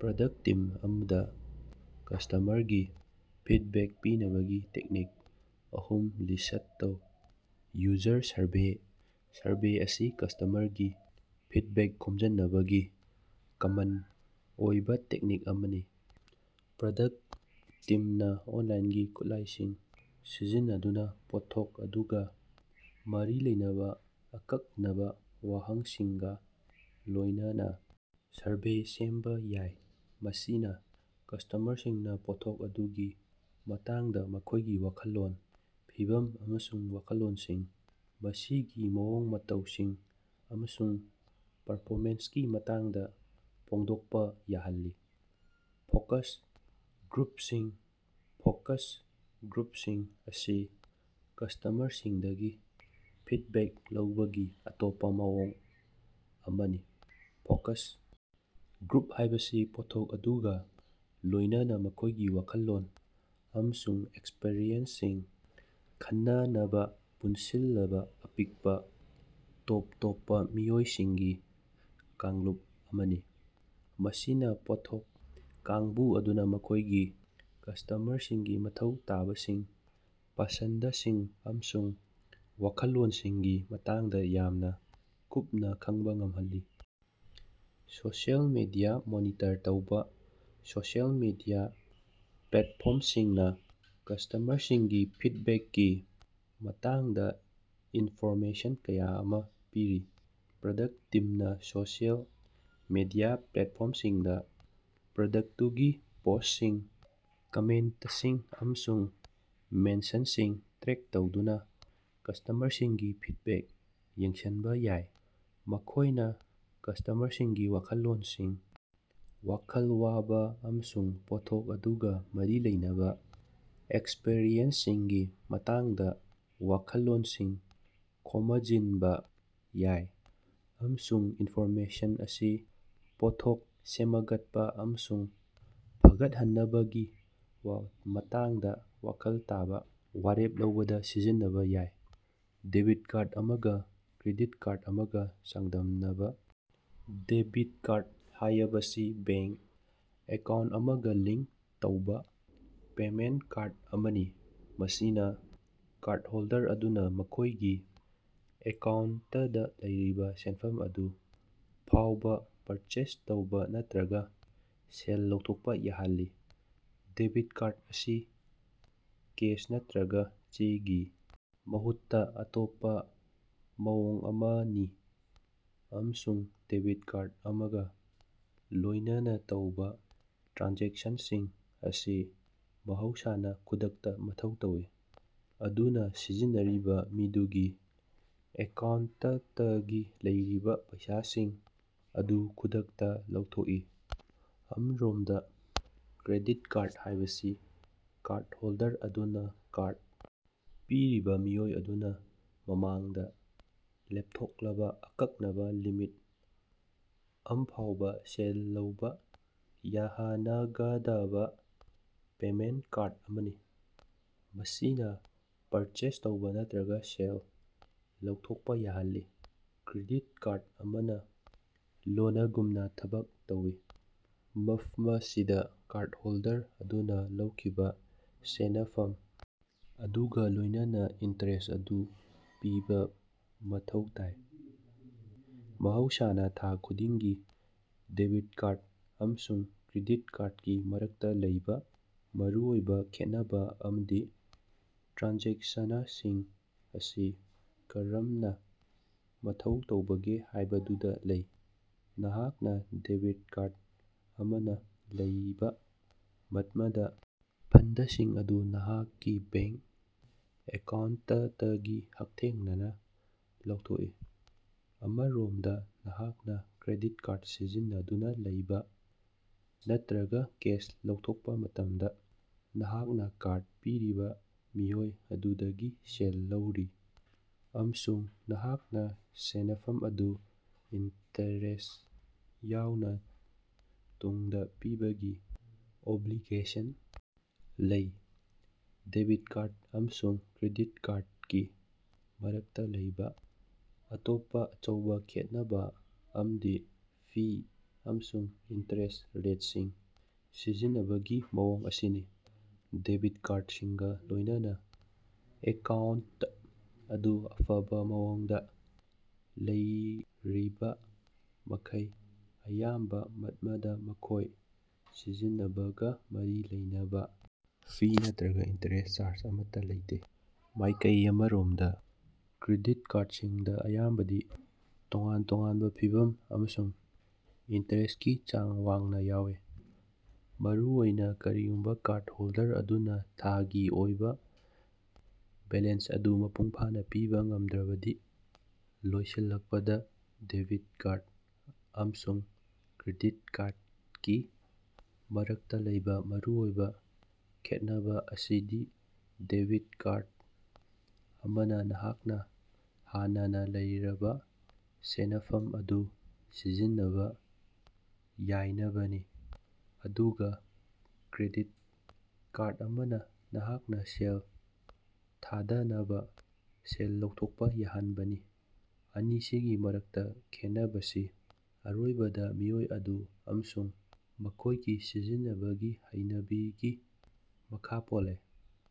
‎Product team ꯑꯃꯗꯥ ꯀꯁꯇꯃꯔꯒꯤ feedback ꯄꯤꯅꯕꯒꯤ ꯇꯦꯛꯅꯤꯛ ꯑꯍꯨꯝ ꯂꯤꯁꯠ ꯇꯧ꯫ ꯌꯨꯖꯔ ꯁꯔꯚꯦ: ꯁꯔꯚꯦ ꯑꯁꯤ ꯀꯁꯇꯃꯔꯒꯤ ꯐꯤꯗꯕꯦꯛ ꯈꯣꯝꯖꯟꯅꯕꯒꯤ ꯀꯃꯟ ꯑꯣꯏꯕꯥ ꯇꯦꯛꯅꯤꯛ ꯑꯃꯅꯤ꯫ ꯄ꯭ꯔꯗꯛ ꯇꯤꯝꯅꯥ ꯑꯣꯟꯂꯥꯏꯟꯒꯤ ꯈꯨꯠꯂꯥꯏꯁꯤꯡ ꯁꯤꯖꯤꯟꯅꯗꯨꯅꯥ ꯄꯣꯠꯊꯣꯛ ꯑꯗꯨꯒꯥ ꯃꯔꯤ ꯂꯩꯅꯕꯥ ꯑꯀꯛꯅꯕꯥ ꯋꯥꯍꯪꯁꯤꯡꯒꯥ ꯂꯣꯏꯅꯅꯥ ꯁꯔꯚꯦ ꯁꯦꯝꯕꯥ ꯌꯥꯏ, ꯃꯁꯤꯅꯥ ꯀꯁ꯭ꯇꯃꯔꯁꯤꯡꯅꯥ ꯄꯣꯠꯊꯣꯛ ꯑꯗꯨꯒꯤ ꯃꯇꯥꯡꯗꯥ ꯃꯈꯣꯏꯒꯤ ꯋꯥꯈꯜꯂꯣꯟ, ꯐꯤꯚꯝ ꯑꯃꯁꯨꯡ ꯋꯥꯈꯜꯂꯣꯟꯁꯤꯡ, ꯃꯁꯤꯒꯤ ꯃꯑꯣꯡ ꯃꯇꯧꯁꯤꯡ, ꯑꯃꯁꯨꯡ ꯄꯔꯐꯣꯃꯦꯟꯁꯀꯤ ꯃꯇꯥꯡꯗꯥ ꯐꯣꯡꯗꯣꯛꯄ ꯌꯥꯍꯜꯂꯤ꯫ ꯐꯣꯀꯁ ꯒ꯭ꯔꯨꯞꯁꯤꯡ: ꯐꯣꯀꯁ ꯒ꯭ꯔꯨꯞꯁꯤꯡ ꯑꯁꯤ ꯀꯁꯇꯃꯔꯁꯤꯡꯗꯒꯤ ꯐꯤꯗꯕꯦꯛ ꯂꯧꯕꯒꯤ ꯑꯇꯣꯞꯄ ꯃꯑꯣꯡ ꯑꯃꯅꯤ꯫ ꯐꯣꯀꯁ ꯒ꯭ꯔꯨꯞ ꯍꯥꯏꯕꯁꯤ ꯄꯣꯠꯊꯣꯛ ꯑꯗꯨꯒ ꯂꯣꯏꯅꯅꯥ ꯃꯈꯣꯏꯒꯤ ꯋꯥꯈꯜꯂꯣꯟ ꯑꯃꯁꯨꯡ ꯑꯦꯛꯁꯄꯔꯤꯌꯦꯟꯁꯁꯤꯡ ꯈꯟꯅꯅꯕꯥ ꯄꯨꯟꯁꯤꯜꯂꯕꯥ ꯑꯄꯤꯛꯄꯥ, ꯇꯣꯞ ꯇꯣꯞꯄꯥ ꯃꯤꯑꯣꯏꯁꯤꯡꯒꯤ ꯀꯥꯡꯂꯨꯞ ꯑꯃꯅꯤ꯫ ꯃꯁꯤꯅꯥ ꯄꯣꯠꯊꯣꯛ ꯀꯥꯡꯕꯨ ꯑꯗꯨꯅꯥ ꯃꯈꯣꯏꯒꯤ ꯀꯁꯇꯃꯔꯁꯤꯡꯒꯤ ꯃꯊꯧ ꯇꯥꯕꯁꯤꯡ, ꯄꯁꯟꯗꯁꯤꯡ ꯑꯃꯁꯨꯡ ꯋꯥꯈꯜꯂꯣꯟꯁꯤꯡꯒꯤ ꯃꯇꯥꯡꯗ ꯌꯥꯝꯅꯥ ꯀꯨꯞꯅ ꯈꯡꯕ ꯉꯝꯍꯜꯂꯤ꯫ ꯁꯣꯁꯤꯑꯦꯜ ꯃꯤꯗꯤꯌꯥ ꯃꯣꯅꯤꯇꯔ ꯇꯧꯕꯥ: ꯁꯣꯁꯤꯑꯦꯜ ꯃꯤꯗꯤꯌꯥ ꯄ꯭ꯂꯦꯠꯐꯣꯔꯝꯁꯤꯡꯅꯥ ꯀꯁ꯭ꯇꯃꯔꯁꯤꯡꯒꯤ ꯐꯤꯗꯕꯦꯛꯀꯤ ꯃꯇꯥꯡꯗꯥ ꯏꯟꯐꯣꯔꯃꯦꯁꯟ ꯀꯌꯥ ꯑꯃꯥ ꯄꯤꯔꯤ꯫ ꯄ꯭ꯔꯗꯛ ꯇꯤꯝꯅ ꯁꯣꯁꯤꯑꯦꯜ ꯃꯤꯗꯤꯌꯥ ꯄ꯭ꯂꯦꯠꯐꯣꯔꯝꯁꯤꯡꯗꯥ ꯄ꯭ꯔꯗꯛꯇꯨꯒꯤ ꯄꯣꯁꯁꯤꯡ, ꯀꯃꯦꯟꯇꯁꯤꯡ, ꯑꯃꯁꯨꯡ ꯃꯦꯟꯁꯟꯁꯤꯡ ꯇ꯭ꯔꯦꯛ ꯇꯧꯗꯨꯅꯥ ꯀꯁ꯭ꯇꯃꯔꯁꯤꯡꯒꯤ ꯐꯤꯗꯕꯦꯛ ꯌꯦꯡꯁꯤꯟꯕꯥ ꯌꯥꯏ꯫ ꯃꯈꯣꯏꯅ ꯀꯁ꯭ꯇꯃꯔꯁꯤꯡꯒꯤ ꯋꯥꯈꯜꯂꯣꯟꯁꯤꯡ, ꯋꯥꯈꯜ ꯋꯥꯕꯥ ꯑꯃꯁꯨꯡ ꯄꯣꯠꯊꯣꯛ ꯑꯗꯨꯒ ꯃꯔꯤ ꯂꯩꯅꯕꯥ ꯑꯦꯛꯁꯄꯔꯤꯌꯦꯟꯁꯁꯤꯡꯒꯤ ꯃꯇꯥꯡꯗꯥ ꯋꯥꯈꯜꯂꯣꯟꯁꯤꯡ ꯈꯣꯃꯖꯤꯟꯕ ꯌꯥꯏ, ꯑꯃꯁꯨꯡ ꯏꯅꯐꯣꯔꯃꯦꯁꯟ ꯑꯁꯤ ꯄꯣꯠꯊꯣꯛ ꯁꯦꯃꯒꯠꯄꯥ ꯑꯃꯁꯨꯡ ꯐꯒꯠꯍꯅꯕꯒꯤ ꯃꯇꯥꯡꯗꯥ ꯋꯥꯈꯜ ꯇꯥꯕꯥ ꯋꯥꯔꯦꯞ ꯂꯧꯕꯗꯥ ꯁꯤꯖꯤꯟꯅꯕꯥ ꯌꯥꯏ꯫ ꯗꯦꯕꯤꯠ ꯀꯥꯔꯗ ꯑꯃꯒꯥ ꯀ꯭ꯔꯦꯗꯤꯠ ꯀꯥꯔꯗ ꯑꯃꯒꯥ ꯆꯥꯡꯗꯝꯅꯕꯥ꯫ ꯗꯦꯕꯤꯠ ꯀꯥꯔꯗ ꯍꯥꯌꯕꯁꯤ ꯕꯦꯡ ꯑꯦꯀꯥꯎꯟ ꯑꯃꯒꯥ ꯂꯤꯉꯛ ꯇꯧꯕꯥ ꯄꯦꯃꯦꯟꯇ ꯀꯥꯔꯗ ꯑꯃꯅꯤ, ꯃꯁꯤꯅꯥ ꯀꯥꯔꯗ ꯍꯣꯜꯗꯔ ꯑꯗꯨꯅꯥ ꯃꯈꯣꯏꯒꯤ ꯑꯦꯀꯥꯎꯟꯇꯗ ꯂꯩꯔꯤꯕꯥ ꯁꯦꯟꯐꯝ ꯑꯗꯨ ꯐꯥꯎꯕꯥ ꯄꯔꯆꯦꯖ ꯇꯧꯕꯥ ꯅꯠꯇ꯭ꯔꯒꯥ ꯁꯦꯜ ꯂꯧꯊꯣꯛꯄ ꯌꯥꯍꯜꯂꯤ꯫ ꯗꯦꯕꯤꯠ ꯀꯥꯔꯗ ꯑꯁꯤ ꯀꯦꯁ ꯅꯠꯇ꯭ꯔꯒ ꯆꯦꯒꯤ ꯃꯍꯨꯠꯇꯥ ꯑꯇꯣꯞꯄꯥ ꯃꯑꯣꯡ ꯑꯃꯅꯤ, ꯑꯃꯁꯨꯡ ꯗꯦꯕꯤꯠ ꯀꯥꯔꯗ ꯑꯃꯒꯥ ꯂꯣꯏꯅꯅꯥ ꯇꯧꯕꯥ ꯇ꯭ꯔꯥꯟꯖꯦꯛꯁꯟꯁꯤꯡ ꯑꯁꯤ ꯃꯍꯧꯁꯥꯅꯥ ꯈꯨꯗꯛꯇꯥ ꯃꯊꯧ ꯇꯧꯏ, ꯑꯗꯨꯅꯥ ꯁꯤꯖꯤꯟꯅꯔꯤꯕ ꯃꯤꯗꯨꯒꯤ ꯑꯦꯀꯥꯎꯟꯇꯇꯒꯤ ꯂꯩꯔꯤꯕꯥ ꯄꯩꯁꯥꯁꯤꯡ ꯑꯗꯨ ꯈꯨꯗꯛꯇꯥ ꯂꯧꯊꯣꯛꯏ꯫ ꯑꯃꯔꯣꯝꯗꯥ, ꯀ꯭ꯔꯦꯗꯤꯠ ꯀꯥꯔꯗ ꯍꯥꯏꯕꯁꯤ ꯀꯥꯔꯗ ꯍꯣꯜꯗꯔ ꯑꯗꯨꯅꯥ ꯀꯥꯔꯗ ꯄꯤꯔꯤꯕꯥ ꯃꯤꯑꯣꯏ ꯑꯗꯨꯅꯥ ꯃꯃꯥꯡꯗꯥ ꯂꯦꯞꯊꯣꯛꯂꯕꯥ ꯑꯀꯛꯅꯕꯥ ꯂꯤꯃꯤꯠ ꯑꯃꯐꯥꯎꯕꯥ ꯁꯦꯜ ꯂꯧꯕꯥ ꯌꯥꯍꯅꯒꯗꯕꯥ ꯄꯦꯃꯦꯟꯇ ꯀꯥꯔꯗ ꯑꯃꯅꯤ, ꯃꯁꯤꯅꯥ ꯄꯔꯆꯦꯖ ꯇꯧꯕꯥ ꯅꯠꯇ꯭ꯔꯒꯥ ꯁꯦꯜ ꯂꯧꯊꯣꯛꯄꯥ ꯌꯥꯍꯜꯂꯤ꯫ ꯀ꯭ꯔꯦꯗꯤꯠ ꯀꯥꯔꯗ ꯑꯃꯅꯥ ꯂꯣꯅꯒꯨꯝꯅꯥ ꯊꯕꯛ ꯇꯧꯏ, ꯃꯐꯃꯁꯤꯗꯥ ꯀꯥꯔꯗ ꯍꯣꯜꯗꯔ ꯑꯗꯨꯅꯥ ꯂꯧꯈꯤꯕꯥ ꯁꯦꯅꯐꯝ ꯑꯗꯨꯒꯥ ꯂꯣꯏꯅꯅꯥ ꯏꯟꯇꯔꯦꯁ ꯑꯗꯨ ꯄꯤꯕꯥ ꯃꯊꯧ ꯇꯥꯏ, ꯃꯍꯧꯁꯥꯅꯥ ꯊꯥ ꯈꯨꯗꯤꯡꯒꯤ꯫ ꯗꯦꯕꯤꯠ ꯀꯥꯔꯗ ꯑꯃꯁꯨꯡ ꯀ꯭ꯔꯦꯗꯤꯠ ꯀꯥꯔꯗꯀꯤ ꯃꯔꯛꯇꯥ ꯂꯩꯕꯥ ꯃꯔꯨꯑꯣꯏꯕꯥ ꯈꯦꯠꯅꯕꯥ ꯑꯝꯗꯤ ꯇ꯭ꯔꯥꯟꯖꯦꯛꯁꯅꯁꯤꯡ ꯑꯁꯤ ꯀꯔꯝꯅ ꯃꯊꯧ ꯇꯧꯕꯒꯦ ꯍꯥꯏꯕꯗꯨꯗꯥ ꯂꯩ꯫ ꯅꯍꯥꯛꯅꯥ ꯗꯦꯕꯤꯠ ꯀꯥꯔꯗ ꯑꯃꯅꯥ ꯂꯩꯕ ꯃꯠꯃꯗꯥ, ꯐꯟꯗꯁꯤꯡ ꯑꯗꯨ ꯅꯍꯥꯛꯀꯤ ꯕꯦꯡ ꯑꯦꯀꯥꯎꯟꯇꯇꯒꯤ ꯍꯛꯊꯦꯡꯅꯅꯥ ꯂꯧꯊꯣꯛꯏ꯫ ꯑꯃꯔꯣꯃꯗꯥ, ꯅꯍꯥꯛꯅꯥ ꯀ꯭ꯔꯦꯗꯤꯠ ꯀꯥꯔꯗ ꯁꯤꯖꯤꯟꯅꯗꯨꯅꯥ ꯂꯩꯕ ꯅꯠꯇ꯭ꯔꯒ ꯀꯦꯁ ꯂꯧꯊꯣꯛꯄꯥ ꯃꯇꯝꯗꯥ, ꯅꯍꯥꯛꯅꯥ ꯀꯥꯔꯗ ꯄꯤꯔꯤꯕꯥ ꯃꯤꯑꯣꯏ ꯑꯗꯨꯗꯒꯤ ꯁꯦꯜ ꯂꯧꯔꯤ, ꯑꯃꯁꯨꯡ ꯅꯍꯥꯛꯅꯥ ꯁꯦꯅꯐꯝ ꯑꯗꯨ, ꯏꯟꯇꯔꯦꯁ ꯌꯥꯎꯅꯥ, ꯇꯨꯡꯗꯥ ꯄꯤꯕꯒꯤ ꯑꯣꯕꯂꯤꯒꯦꯁꯟ ꯂꯩ꯫ ꯗꯦꯕꯤꯠ ꯀꯥꯔꯗ ꯑꯃꯁꯨꯡ ꯀ꯭ꯔꯦꯗꯤꯠ ꯀꯥꯔꯗꯀꯤ ꯃꯔꯛꯇꯥ ꯂꯩꯕꯥ ꯑꯇꯣꯞꯄꯥ ꯑꯆꯧꯕꯥ ꯈꯦꯠꯅꯕꯥ ꯑꯝꯗꯤ ꯐꯤ ꯑꯃꯁꯨꯡ ꯏꯟꯇꯔꯦꯁ ꯔꯦꯠꯁꯤꯡ ꯁꯤꯖꯤꯟꯅꯕꯒꯤ ꯃꯑꯣꯡ ꯑꯁꯤꯅꯤ꯫ ꯗꯦꯕꯤꯠ ꯀꯥꯔꯗꯁꯤꯡꯒꯥ ꯂꯣꯏꯅꯅꯥ, ꯑꯦꯀꯥꯎꯟꯇ ꯑꯗꯨ ꯑꯐꯕꯥ ꯃꯑꯣꯡꯗꯥ ꯂꯩꯔꯤꯕꯃꯈꯩ, ꯑꯌꯥꯝꯕꯥ ꯃꯠꯃꯗꯥ ꯃꯈꯣꯏ ꯁꯤꯖꯤꯟꯅꯕꯒꯥ ꯃꯔꯤ ꯂꯩꯅꯕꯥ ꯐꯤ ꯅꯠꯇ꯭ꯔꯒꯥ ꯏꯟꯇꯔꯦꯁ ꯆꯥꯔꯖ ꯑꯃꯠꯇꯥ ꯂꯩꯇꯦ꯫ ꯃꯥꯏꯀꯩ ꯑꯃꯔꯣꯝꯗ, ꯀ꯭ꯔꯦꯗꯤꯠ ꯀꯥꯔꯗꯁꯤꯡꯗ ꯑꯌꯥꯝꯕꯗꯤ ꯇꯣꯉꯥꯟ-ꯇꯣꯉꯥꯟꯕꯥ ꯐꯤꯚꯝ ꯑꯃꯁꯨꯡ ꯏꯟꯇꯔꯦꯁꯀꯤ ꯆꯥꯡ ꯋꯥꯡꯅꯥ ꯌꯥꯎꯏ, ꯃꯔꯨꯑꯣꯏꯅꯥ ꯀꯔꯤꯒꯨꯝꯕꯥ ꯀꯥꯔꯗ ꯍꯣꯜꯗꯔ ꯑꯗꯨꯅꯥ ꯊꯥꯒꯤ ꯑꯣꯏꯕꯥ ꯕꯦꯂꯦꯟꯁ ꯑꯗꯨ ꯃꯄꯨꯡꯐꯥꯅꯥ ꯄꯤꯕꯥ ꯉꯝꯗ꯭ꯔꯕꯗꯤ꯫ ꯂꯣꯏꯁꯤꯜꯂꯛꯄꯗꯥ, ꯗꯦꯕꯤꯠ ꯀꯥꯔꯗ ꯑꯃꯁꯨꯡ ꯀ꯭ꯔꯦꯗꯤꯠ ꯀꯥꯔꯗꯀꯤ ꯃꯔꯛꯇꯥ ꯂꯩꯕꯥ ꯃꯔꯨꯑꯣꯏꯕꯥ ꯈꯦꯠꯅꯕꯥ ꯑꯁꯤꯗꯤ ꯗꯦꯕꯤꯠ ꯀꯥꯔꯗ ꯑꯃꯅꯥ ꯅꯍꯥꯛꯅꯥ ꯍꯥꯟꯅꯅꯥ ꯂꯩꯔꯕꯥ ꯁꯦꯅꯐꯝ ꯑꯗꯨ ꯁꯤꯖꯤꯟꯅꯕꯥ ꯌꯥꯏꯅꯕꯅꯤ, ꯑꯗꯨꯒꯥ ꯀ꯭ꯔꯦꯗꯤꯠ ꯀꯥꯔꯗ ꯑꯃꯅꯥ ꯅꯍꯥꯛꯅꯥ ꯁꯦꯜ ꯊꯥꯗꯅꯕꯥ ꯁꯦꯜ ꯂꯧꯊꯣꯛꯄ ꯌꯥꯍꯟꯕꯅꯤ꯫ ꯑꯅꯤꯁꯤꯒꯤ ꯃꯔꯛꯇꯥ ꯈꯦꯅꯕꯁꯤ ꯑꯔꯣꯏꯕꯗꯥ ꯃꯤꯑꯣꯏ ꯑꯗꯨ ꯑꯃꯁꯨꯡ ꯃꯈꯣꯏꯒꯤ ꯁꯤꯖꯤꯟꯅꯕꯒꯤ ꯍꯩꯅꯕꯤꯒꯤ ꯃꯈꯥ ꯄꯣꯜꯂꯦ꯫